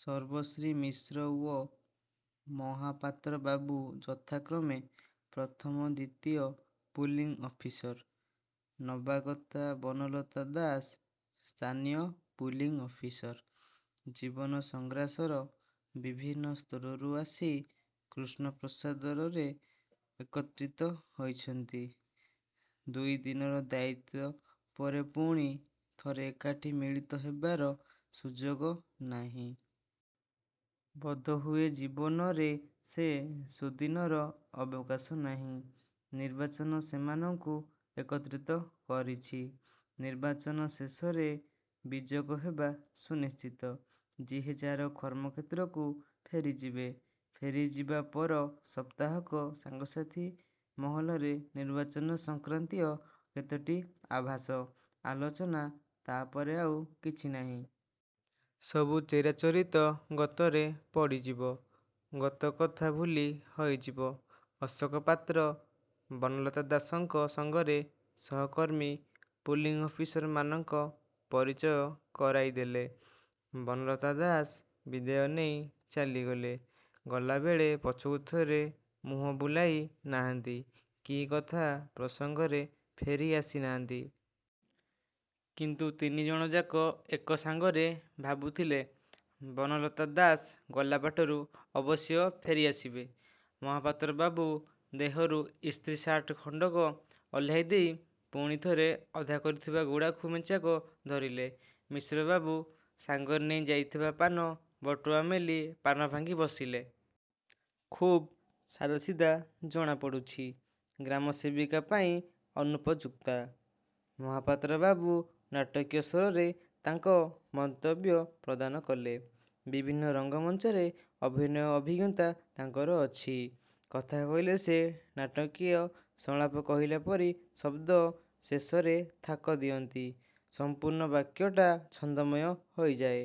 ସର୍ବଶ୍ରୀ ମିଶ୍ର ଓ ମହାପାତ୍ର ବାବୁ ଯଥାକ୍ରମେ ପ୍ରଥମ ଦ୍ୱିତୀୟ ପୁଲିଂ ଅଫିସର। ନବାଗତା ବନଲତା ଦାସ ସ୍ଥାନୀୟ ପୁଲିଂ ଅଫିସର। ଜୀବନ ସଂଗ୍ରାସର ବିଭିନ୍ନ ସ୍ତରରୁ ଆସି କୃଷ୍ଣପ୍ରସାଦରରେ ଏକତ୍ରିତ ହୋଇଛନ୍ତି। ଦୁଇ ଦିନର ଦାୟିତ୍ୱ ପରେ ପୁଣି ଥରେ ଏକାଠି ମିଳିତ ହେବାର ସୁଯୋଗ ନାହିଁ। ବୋଧହୁଏ ଜୀବନରେ ସେ ସୁଦିନର ଅବକାଶ ନାହିଁ। ନିର୍ବାଚନ ସେମାନଙ୍କୁ ଏକତ୍ରିତ କରିଛି। ନିର୍ବାଚନ ଶେଷରେ ବିଯୋଗ ହେବା ସୁନିଶ୍ଚିତ-। ଯିଏ ଯାହାର କର୍ମକ୍ଷେତ୍ରକୁ ଫେରିଯିବେ। ଫେରିଯିବା ପର ସପ୍ତାହକ ସାଙ୍ଗସାଥି ମହଲରେ ନିର୍ବାଚନ ସଂକ୍ରାନ୍ତୀୟ କେତୋଟି ଆଭାସ, ଆଲୋଚନା। ତା ପରେ ଆଉ କିଛି ନାହିଁ-। ସବୁ ଚିରାଚରିତ ଗତରେ ପଡ଼ିଯିବ। ଗତ କଥା ଭୁଲି ହୋଇଯିବ। ଅଶୋକ ପାତ୍ର ବନଲତା ଦାସଙ୍କ ସଙ୍ଗରେ ସହକର୍ମୀ ପୁଲିଂ ଅଫିସର ମାନଙ୍କ ପରିଚୟ କରାଇ ଦେଲେ। ବନଲତା ଦାସ ବିଦାୟ ନେଇ ଚାଲିଗଲେ। ଗଲାବେଳେ ପଛକୁ ଥରେ ମୁହଁ ବୁଲାଇ ନାହାନ୍ତି କି କଥା ପ୍ରସଙ୍ଗରେ ଫେରି ଆସି ନାହାନ୍ତି। କିନ୍ତୁ ତିନିଜଣଯାକ ଏକ ସାଙ୍ଗରେ ଭାବୁଥିଲେ ବନଲତା ଦାସ ଗଲାବାଟରୁ ଅବଶ୍ୟ ଫେରି ଆସିବେ। ମହାପାତ୍ର ବାବୁ ଦେହରୁ ଇସ୍ତ୍ରୀ ଶାର୍ଟ ଖଣ୍ଡକ ଓହ୍ଲାଇ ଦେଇ ପୁଣି ଥରେ ଅଧା କରିଥିବା ଗୁଡ଼ାଖୁ ମେଞ୍ଚାକ ଧରିଲେ। ମିଶ୍ରବାବୁ ସାଙ୍ଗରେ ନେଇ ଯାଇଥିବା ପାନ ବଟୁଆ ମେଲି ପାନ ଭାଙ୍ଗି ବସିଲେ। ଖୁବ୍ ସାଧାସିଧା ଜଣା ପଡ଼ୁଛି। ଗ୍ରାମସେବିକା ପାଇଁ ଅନୁପଯୁକ୍ତା। ମହାପାତ୍ର ବାବୁ ନାଟକୀୟ ସ୍ୱରରେ ତାଙ୍କ ମନ୍ତବ୍ୟ ପ୍ରଦାନ କଲେ। ବିଭିନ୍ନ ରଙ୍ଗମଞ୍ଚରେ ଅଭିନୟ ଅଭିଜ୍ଞତା ତାଙ୍କର ଅଛି। କଥା କହିଲେ ସେ ନାଟକୀୟ ସଂଳାପ କହିଲା ପରି ଶବ୍ଦ ଶେଷରେ ଥାକ ଦିଅନ୍ତି। ସମ୍ପୂର୍ଣ୍ଣ ବାକ୍ୟଟା ଛନ୍ଦମୟ ହୋଇଯାଏ।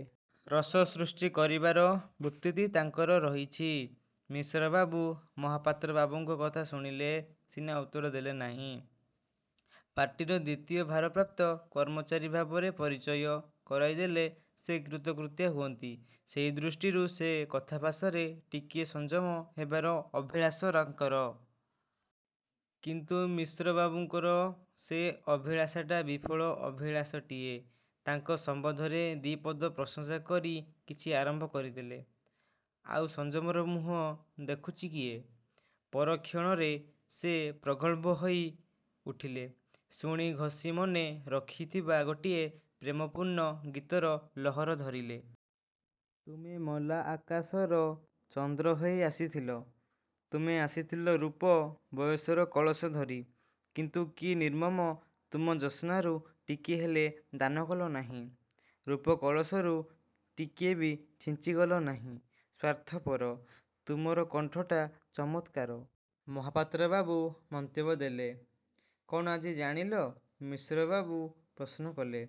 ରସ ସୃଷ୍ଟି କରିବାର ବ୍ୟୁତ୍ପତ୍ତି ତାଙ୍କର ରହିଛି। ମିଶ୍ରବାବୁ ମହାପାତ୍ର ବାବୁଙ୍କ କଥା ଶୁଣିଲେ ସିନା ଉତ୍ତର ଦେଲେ ନାହିଁ। ପାର୍ଟିର ଦ୍ୱିତୀୟ ଭାରପ୍ରାପ୍ତ କର୍ମଚାରୀ ଭାବରେ ପରିଚୟ କରାଇ ଦେଲେ ସେ କୃତକୃତ୍ୟ ହୁଅନ୍ତି। ସେହି ଦୃଷ୍ଟିରୁ ସେ କଥାଭାଷାରେ ଟିକିଏ ସଂଯମ ହେବାର ଅଭିଳାଷ ତାଙ୍କର। କିନ୍ତୁ ମିଶ୍ରବାବୁଙ୍କର ସେ ଅଭିଳାଷାଟା ବିଫଳ ଅଭିଳାଷଟିଏ। ତାଙ୍କ ସମ୍ବନ୍ଧରେ ଦି'ପଦ ପ୍ରଶଂସା କରି କିଛି ଆରମ୍ଭ କରିଦେଲେ, ଆଉ ସଂଯମର ମୁହଁ ଦେଖୁଛି କିଏ? ପରକ୍ଷଣରେ ସେ ପ୍ରଗଳ୍ଭ ହୋଇ ଉଠିଲେ। ଶୁଣି, ଘୋଷି ମନେ ରଖିଥିବା ଗୋଟିଏ ପ୍ରେମପୂର୍ଣ୍ଣ ଗୀତର ଲହର ଧରିଲେ। ''ତୁମେ ମଲା ଆକାଶର ଚନ୍ଦ୍ର ହୋଇ ଆସିଥିଲ। ତୁମେ ଆସିଥିଲ ରୂପ, ବୟସର କଳସ ଧରି। କିନ୍ତୁ କି ନିର୍ମମ! ତମ ଜ୍ୟୋସ୍ନାରୁ ଟିକିଏ ହେଲେ ଦାନ କଲ ନାହିଁ। ରୂପ କଳସରୁ ଟିକିଏ ବି ଛିଞ୍ଚି ଗଲ ନାହିଁ! ସ୍ୱାର୍ଥପର!! '' 'ତୁମର କଣ୍ଠଟା ଚମତ୍କାର! ' ମହାପାତ୍ର ବାବୁ ମନ୍ତବ୍ୟ ଦେଲେ। 'କଣ ଆଜି ଜାଣିଲ? ' ମିଶ୍ରବାବୁ ପ୍ରଶ୍ନ କଲେ।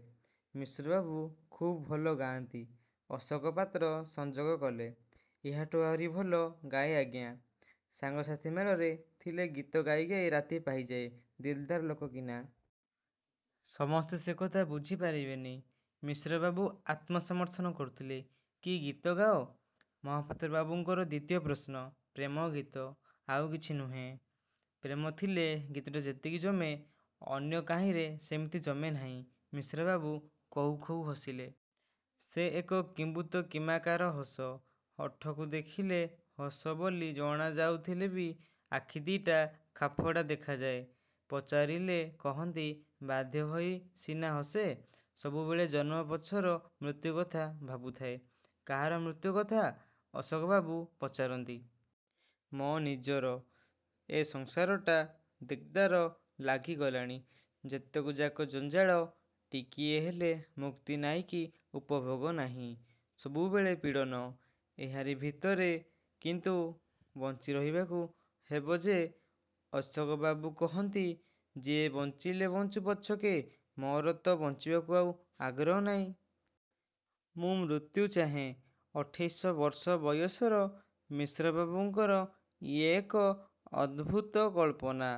'ମିଶ୍ରବାବୁ ଖୁବ୍ ଭଲ ଗାଆନ୍ତି। ' ଅଶୋକ ପାତ୍ର ସଂଯୋଗ କଲେ। 'ଏହାଠୁ ଆହୁରି ଭଲ ଗାଏ ଆଜ୍ଞା! ସାଙ୍ଗସାଥି ମେଳରେ ଥିଲେ ଗୀତ ଗାଇ ଗାଇ ରାତି ପାହିଯାଏ ଦିଲ୍ଦାର ଲୋକ କିନା! ସମସ୍ତେ ସେକଥା ବୁଝି ପାରିବେନି'। ମିଶ୍ରବାବୁ ଆତ୍ମ ସମର୍ଥନ କରୁଥିଲେ। 'କି ଗୀତ ଗାଅ? ' ମହାପାତ୍ର ବାବୁଙ୍କର ଦ୍ୱିତୀୟ ପ୍ରଶ୍ନ। 'ପ୍ରେମ-ଗୀତ। ' 'ଆଉ କିଛି ନୁହେଁ? ' ପ୍ରେମ ଥିଲେ ଗୀତଟା ଯେମିତି ଜମେ, ଅନ୍ୟ କାହିଁରେ ସେମିତି ଜମେ ନାହିଁ। ମିଶ୍ରବାବୁ କହୁ କହୁ ହସିଲେ। ସେ ଏକ କିମ୍ଭୁତ କିମାକାର ହସ। ଓଠକୁ ଦେଖିଲେ ହସ ବୋଲି ଜଣା ଯାଉଥିଲେ ବି ଆଖି ଦି'ଟା ଖାପ୍ଛଡ଼ା ଦେଖାଯାଏ ପଚାରିଲେ କହନ୍ତି, 'ବାଧ୍ୟ ହୋଇ ସିନା ହସେ, ସବୁବେଳେ ଜନ୍ମ ପଛର ମୃତ୍ୟୁକଥା ଭାବୁଥାଏ। 'କାହାର ମୃତ୍ୟୁ କଥା? ' ଅଶୋକବାବୁ ପଚାରନ୍ତି। 'ମୋ' ନିଜର। ଏ ସଂସାରଟା ଦିକ୍ଦାର ଲାଗିଗଲାଣି। ଯେତକଯାକ ଜଞ୍ଜାଳ। ଟିକିଏ ହେଲେ ମୁକ୍ତି ନାହିଁକି ଉପଭୋଗ ନାହିଁ। ସବୁବେଳେ ପୀଡ଼ନ। ' 'ଏହାରି ଭିତରେ କିନ୍ତୁ ବଞ୍ଚି ରହିବାକୁ ହେବ ଯେ! ' ଅଶୋକବାବୁ କହନ୍ତି। 'ଯିଏ ବଞ୍ଚିଲେ ବଞ୍ଚୁ ପଛକେ, ମୋର ତ ବଞ୍ଚିବାକୁ ଆଉ ଆଗ୍ରହ ନାହିଁ। ମୁଁ ମୃତ୍ୟୁ ଚାହେଁ-। ' ଅଠେଇଶ ବର୍ଷ ବୟସର ମିଶ୍ରବାବୁଙ୍କର ଇଏ ଏକ ଅଦ୍ଭୁତ କଳ୍ପନା।